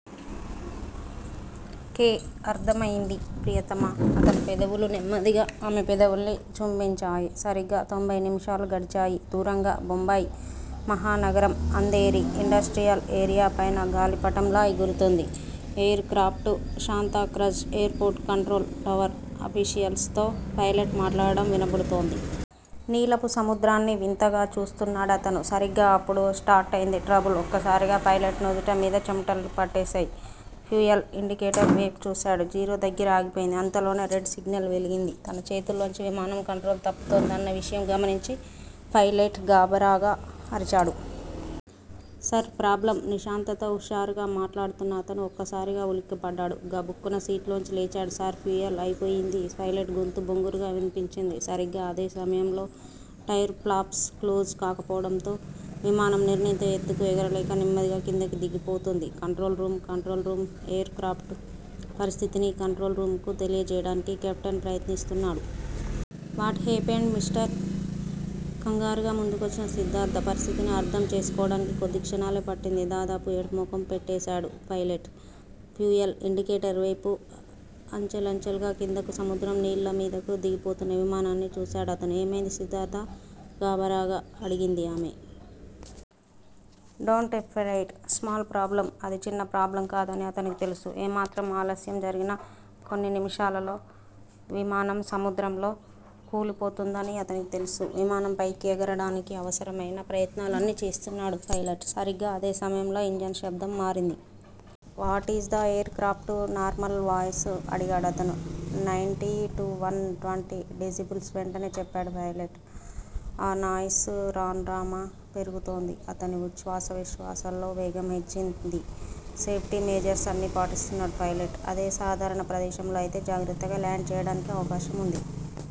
K అర్ధమైంది ప్రియతమా అతని పెదవులు నెమ్మదిగా ఆమె పెదవుల్ని చుంభించాయి. సరిగ్గా తొంభై నిమిషాలు గడిచాయి. దూరంగా బొంబాయి మహానగరం అంధేరీ ఇండస్ట్రియల్ ఏరియా పైన గాలిపటంలా ఎగురుతోంది aircraft. Santacruz airport control tower officials తో పైలెట్ మాట్లాడడం వినబడుతోంది. నీలపు సముద్రాన్ని వింతగా చూస్తున్నాడతను. సరిగ్గా అప్పుడు స్టార్టయింది ట్రబుల్. ఒక్కసారిగా పైలెట్ నుదుట మీద చెమట్లు పట్టేశాయి. ఫ్యూయల్ ఇండికేటర్ వేపు చూశాడు. జీరో దగ్గర ఆగిపోయింది. అంతలోనే రెడ్ సిగ్నల్ వెలిగింది. తన చేతుల్లోంచి విమానం కంట్రోల్ తప్పుతోందన్న విషయం గమనించి పైలెట్ గాభరాగా అరిచాడు. సర్ ప్రాబ్లమ్ నిశాంతతో హుషారుగా మాట్లాడుతున్న అతను ఒక్కసారిగా వులిక్కిపడ్డాడు. గబుక్కున సీట్లోంచి లేచాడు. సర్ ఫ్యూయల్ అయిపోయింది పైలెట్ గొంతు బొంగురుగా విన్పించింది. సరిగ్గా అదే సమయంలో టైరు ఫ్లాప్స్ క్లోజ్ కాకపోవడంతో విమానం నిర్ణీత ఎత్తుకు ఎగరలేక నెమ్మదిగా కిందకు దిగిపోతోంది. Control room control room aircraft పరిస్థితిని కంట్రోల్ రూమ్ కు తెలియచేయడానికి కెప్టెన్ ప్రయత్నిస్తున్నాడు. What happened mister? కంగారుగా ముందుకొచ్చిన సిద్ధార్ధ పరిస్థితిని అర్ధం చేసుకోడానికి కొద్ది క్షణాలే పట్టింది. దాదాపు ఏడుపు ముఖం పెట్టేశాడు పైలెట్. ఫ్యూయల్ ఇండికేటర్ వేపు అంచెలంచెలుగా కిందకు సముద్రం నీళ్ళ మీదకు దిగిపోతున్న విమానాన్ని చూశాడతను. ఏమైంది సిద్ధార్ధా? గాభరాగా అడిగింది ఆమె. డోంట్ ఎఫ్రైడ్ స్మాల్ ప్రాబ్లమ్ అది చిన్న ప్రాబ్లమ్ కాదని అతనికి తెలుసు. ఏమాత్రం ఆలస్యం జరిగినా కొన్ని నిమిషాలలో విమానం సముద్రంలో కూలిపోతుందని అతనికి తెలుసు. విమానం పైకి ఎగరడానికి అవసరమైన ప్రయత్నాలన్నీ చేస్తున్నాడు పైలెట్. సరిగ్గా అదే సమయంలో- ఇంజన్ శబ్దం మారింది. What is the aircraft normal noise అడిగాడతను. Ninety two one twenty decibels వెంటనే చెప్పాడు పైలెట్. ఆ నాయిస్ రాన్రానూ పెరుగుతోంది. అతని ఉచ్చ్వాస నిశ్వాసల్లో వేగం హెచ్చింది. సేఫ్టీ మెజర్స్ అన్నీ పాటిస్తున్నాడు పైలెట్. అదే సాధారణ ప్రదేశంలో అయితే జాగ్రత్తగా లాండ్ చేయడానికి అవకాశం వుంది.